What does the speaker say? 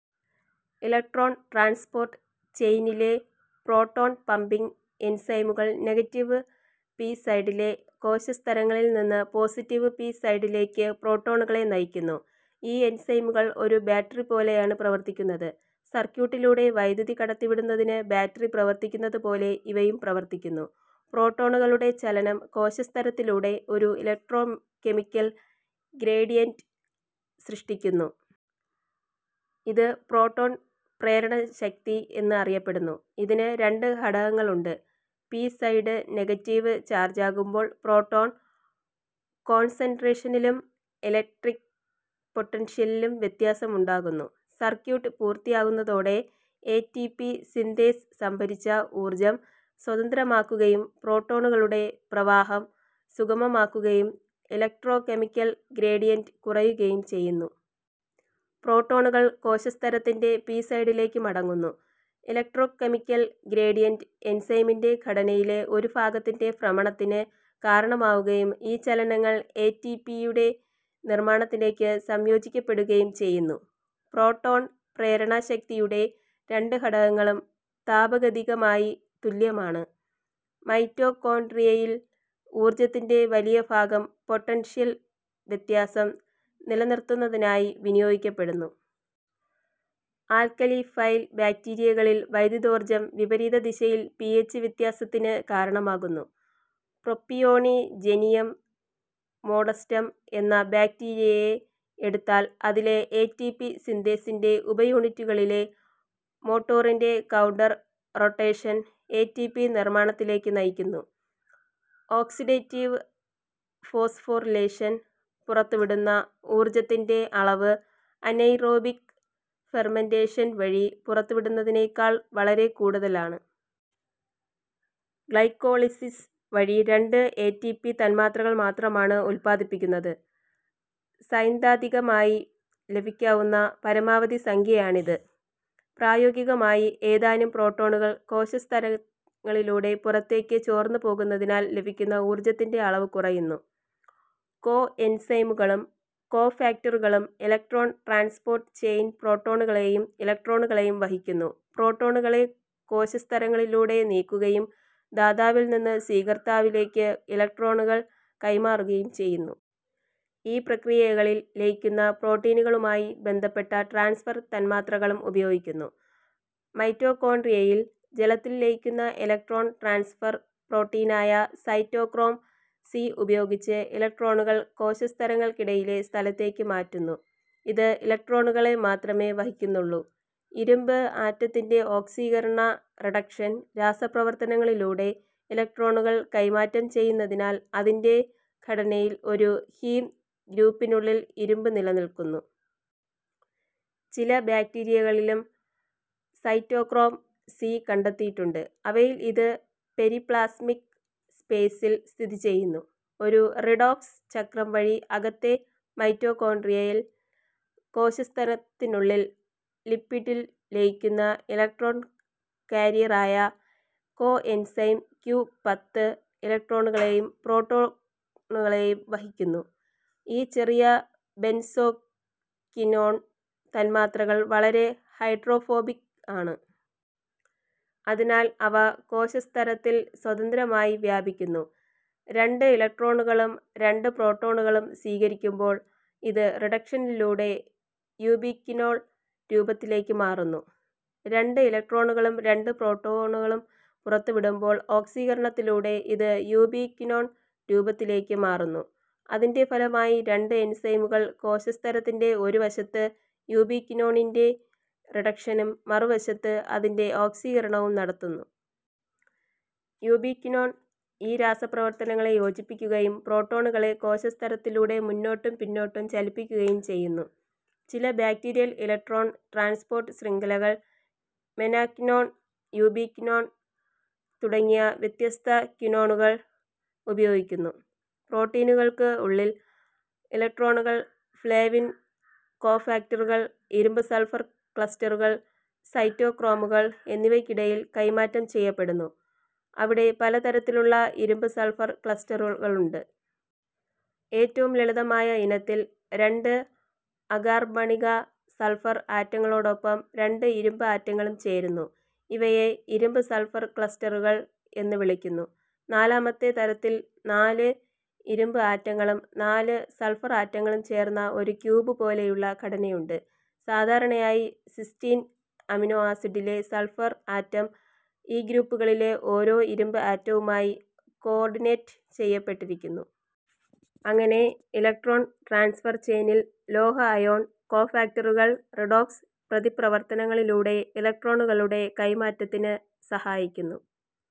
Electron transport ചെയിനിലെ proton pumping എൻസൈമുകൾ negative P സൈഡിലെ കോശസ്തരങ്ങളിൽനിന്ന് പോസിറ്റീവ് പി സൈഡിലേക്ക് പ്രോട്ടോണുകളെ നയിക്കുന്നു. ഈ എൻസൈമുകൾ ഒരു ബാറ്ററി പോലെയാണ് പ്രവർത്തിക്കുന്നത്. സർക്യൂട്ടിലൂടെ വൈദ്യുതി കടത്തിവിടുന്നതിന് ബാറ്ററി പ്രവർത്തിക്കുന്നതുപോലെ ഇവയും പ്രവർത്തിക്കുന്നു. പ്രോട്ടോണുകളുടെ ചലനം കോശസ്തരത്തിലൂടെ ഒരു ഇലക്ട്രോകെമിക്കൽ ഗ്രേഡിയന്റ് സൃഷ്ടിക്കുന്നു. ഇത് പ്രോട്ടോൺ പ്രേരണ ശക്തി എന്ന് അറിയപ്പെടുന്നു. ഇതിന് രണ്ട് ഘടകങ്ങളുണ്ട്. പി സൈഡ് നെഗറ്റീവ് ചാർജാകുമ്പോൾ പ്രോട്ടോൺ കോൺസൻട്രേഷനിലും ഇലക്ട്രിക് പൊട്ടൻഷ്യലിലും വ്യത്യാസം ഉണ്ടാകുന്നു. സർക്യൂട്ട് പൂർത്തിയാകുന്നതോടെ എ ടി പി സിന്തേസ് സംഭരിച്ച ഊർജം സ്വതന്ത്രമാക്കുകയും പ്രോട്ടോണുകളുടെ പ്രവാഹം സുഗമമാകുകയും ഇലക്ട്രോകെമിക്കൽ ഗ്രേഡിയന്റ് കുറയുകയും ചെയ്യുന്നു. പ്രോട്ടോണുകൾ കോശസ്തരത്തിൻ്റെ പി സൈഡിലേക്ക് മടങ്ങുന്നു. ഇലക്ട്രോകെമിക്കൽ ഗ്രേഡിയന്റ് എൻസൈമിൻ്റെ ഘടനയിലെ ഒരു ഭാഗത്തിൻ്റെ ഭ്രമണത്തിന് കാരണമാകുകയും ഈ ചലനങ്ങൾ എ ടി പി യുടെ നിർമ്മാണത്തിലേക്ക് സംയോജിപ്പിക്കപ്പെടുകയും ചെയ്യുന്നു. പ്രോട്ടോൺ പ്രേരണ ശക്തിയുടെ രണ്ട് ഘടകങ്ങളും താപഗതികമായി തുല്യമാണ്. മൈറ്റോകോണ്ട്രിയയിൽ ഊർജത്തിൻ്റെ വലിയ ഭാഗം പൊട്ടൻഷ്യൽ വ്യത്യാസം നിലനിർത്തുന്നതിനായി വിനിയോഗിക്കപ്പെടുന്നു. ആൽക്കലിഫൈൽ ബാക്ടീരിയകളിൽ വൈദ്യുതോർജം വിപരീത ദിശയിൽ പി എച്ച് വ്യത്യാസത്തിന് കാരണമാകുന്നു. പ്രൊപ്പിയോണിജെനിയം മോഡസ്റ്റം എന്ന ബാക്ടീരിയയെ എടുത്താൽ, അതിലെ എ ടി പി സിന്തേസിൻ്റെ ഉപയൂണിറ്റുകളിലെ മോട്ടോറിൻ്റെ counter rotation A T P നിർമ്മാണത്തിലേക്ക് നയിക്കുന്നു. ഓക്സിഡേറ്റീവ് ഫോസ്ഫോറിലേഷൻ പുറത്തുവിടുന്ന ഊർജത്തിൻ്റെ അളവ് അനെയ്റോബിക് ഫെർമെന്റേഷൻ വഴി പുറത്തുവിടുന്നതിനേക്കാൾ വളരെ കൂടുതലാണ്. ഗ്ലൈക്കോളിസിസ് വഴി രണ്ട് എ ടി പി തന്മാത്രകൾ മാത്രമാണ് ഉൽപാദിപ്പിക്കുന്നത്. സൈദ്ധാന്തികമായി ലഭിക്കാവുന്ന പരമാവധി സംഖ്യയാണിത്. പ്രായോഗികമായി, ഏതാനും പ്രോട്ടോണുകൾ കോശസ്തരങ്ങളിലൂടെ പുറത്തേക്ക് ചോർന്നുപോകുന്നതിനാൽ ലഭിക്കുന്ന ഊർജത്തിൻ്റെ അളവ് കുറയുന്നു. കോഎൻസൈമുകളും കോഫാക്ടറുകളും ഇലക്ട്രോൺ ട്രാൻസ്പോർട്ട് ചെയിൻ പ്രോട്ടോണുകളെയും ഇലക്ട്രോണുകളെയും വഹിക്കുന്നു. പ്രോട്ടോണുകളെ കോശസ്തരങ്ങളിലൂടെ നീക്കുകയും ദാതാവിൽനിന്ന് സ്വീകർത്താക്കളിലേക്ക് ഇലക്ട്രോണുകൾ കൈമാറുകയും ചെയ്യുന്നു. ഈ പ്രക്രിയകളിൽ ലയിക്കുന്ന പ്രോട്ടീനുകളുമായി ബന്ധപ്പെട്ട ട്രാൻസ്ഫർ തന്മാത്രകളും ഉപയോഗിക്കുന്നു. മൈറ്റോകോണ്ട്രിയയിൽ ജലത്തിൽ ലയിക്കുന്ന ഇലക്ട്രോൺ ട്രാൻസ്ഫർ പ്രോട്ടീനായ സൈറ്റോക്രോം സി ഉപയോഗിച്ച് ഇലക്ട്രോണുകൾ കോശസ്തരങ്ങൾക്കിടയിലെ സ്ഥലത്തേക്ക് മാറ്റുന്നു. ഇത് ഇലക്ട്രോണുകളെ മാത്രമേ വഹിക്കുന്നുള്ളൂ. ഇരുമ്പ് ആറ്റത്തിൻ്റെ ഓക്സീകരണ റിഡക്ഷൻ രാസപ്രവർത്തനത്തിലൂടെ ഇലക്ട്രോണുകൾ കൈമാറ്റം ചെയ്യുന്നതിനാൽ അതിൻ്റെ ഘടനയിൽ ഒരു ഹീം ഗ്രൂപ്പിനുള്ളിൽ ഇരുമ്പ് നിലനിൽക്കുന്നു. ചില ബാക്ടീരിയകളിലും സൈറ്റോക്രോം സി കണ്ടെത്തിയിട്ടുണ്ട്. അവയിൽ ഇത് പെരിപ്ലാസ്മിക് സ്പേസിൽ സ്ഥിതിചെയ്യുന്നു. ഒരു റിഡോക്സ് ചക്രം വഴി അകത്തെ മൈറ്റോകോണ്ട്രിയൽ കോശസ്തരത്തിനുള്ളിൽ ലിപിഡിൽ ലയിക്കുന്ന ഇലക്ട്രോൺ കാരിയറായ കോഎൻസൈം ക്യു പത്ത് ഇലക്ട്രോണുകളെയും പ്രോട്ടോണുകളെയും വഹിക്കുന്നു. ഈ ചെറിയ ബെൻസോക്വിനോൺ തന്മാത്രകൾ വളരെ ഹൈഡ്രോഫോബിക് ആണ്. അതിനാൽ അവ കോശസ്തരത്തിൽ സ്വതന്ത്രമായി വ്യാപിക്കുന്നു. രണ്ട് ഇലക്ട്രോണുകളും രണ്ട് പ്രോട്ടോണുകളും സ്വീകരിക്കുമ്പോൾ ഇത് റിഡക്ഷനിലൂടെ യൂബിക്വിനോൾ രൂപത്തിലേക്ക് മാറുന്നു. രണ്ട് ഇലക്ട്രോണുകളും രണ്ട് പ്രോട്ടോണുകളും പുറത്തുവിടുമ്പോൾ ഓക്സീകരണത്തിലൂടെ ഇത് യൂബിക്വിനോൺ രൂപത്തിലേക്ക് മാറുന്നു. അതിൻ്റെ ഫലമായി രണ്ട് എൻസൈമുകൾ കോശസ്തരത്തിൻ്റെ ഒരുവശത്ത് യൂബിക്വിനോണിൻ്റെ റിഡക്ഷനും മറുവശത്ത് അതിൻ്റെ ഓക്സീകരണവും നടത്തുന്നു. യൂബിക്വിനോൺ ഈ രാസപ്രവർത്തനങ്ങളെ യോജിപ്പിക്കുകയും പ്രോട്ടോണുകളെ കോശസ്തരത്തിലൂടെ മുന്നോട്ടും പിന്നോട്ടും ചലിപ്പിക്കുകയും ചെയ്യുന്നു. ചില ബാക്ടീരിയൽ ഇലക്ട്രോൺ ട്രാൻസ്പോർട്ട് ശൃംഖലകൾ മെനാക്വിനോൺ, യൂബിക്വിനോൺ തുടങ്ങിയ വ്യത്യസ്ത ക്വിനോണുകൾ ഉപയോഗിക്കുന്നു. പ്രോട്ടീനുകൾക്കുള്ളിൽ ഇലക്ട്രോണുകൾ ഫ്ലേവിൻ കോഫാക്ടറുകൾ, ഇരുമ്പ് സൾഫർ ക്ലസ്റ്ററുകൾ, സൈറ്റോക്രോമുകൾ എന്നിവയ്ക്കിടയിൽ കൈമാറ്റം ചെയ്യപ്പെടുന്നു. അവിടെ പല തരത്തിലുള്ള ഇരുമ്പ് സൾഫർ ക്ലസ്റ്ററുകളുണ്ട്. ഏറ്റവും ലളിതമായ ഇനത്തിൽ രണ്ട് അകാർബണിക സൾഫർ ആറ്റങ്ങളോടൊപ്പം രണ്ട് ഇരുമ്പ് ആറ്റങ്ങളും ചേരുന്നു. ഇവയെ ഇരുമ്പ് സൾഫർ ക്ലസ്റ്ററുകൾ എന്ന് വിളിക്കുന്നു. രണ്ടാമത്തെ തരത്തിൽ നാല് ഇരുമ്പ് ആറ്റങ്ങളും നാല് സൾഫർ ആറ്റങ്ങളും ചേർന്ന ഒരു ക്യൂബ് പോലെയുള്ള ഘടനയുണ്ട്. സാധാരണയായി സിസ്റ്റീൻ അമിനോ ആസിഡിലെ സൾഫർ ആറ്റം ഈ ഗ്രൂപ്പുകളിലെ ഓരോ ഇരുമ്പ് ആറ്റവുമായും കോർഡിനേറ്റ് ചെയ്യപ്പെട്ടിരിക്കുന്നു. അങ്ങനെ ഇലക്ട്രോൺ ട്രാൻസ്ഫർ ചെയിനിൽ ലോഹ അയോൺ കോഫാക്ടറുകൾ റിഡോക്സ് പ്രതിപ്രവർത്തനങ്ങളിലൂടെ ഇലക്ട്രോണുകളുടെ കൈമാറ്റത്തിന് സഹായിക്കുന്നു.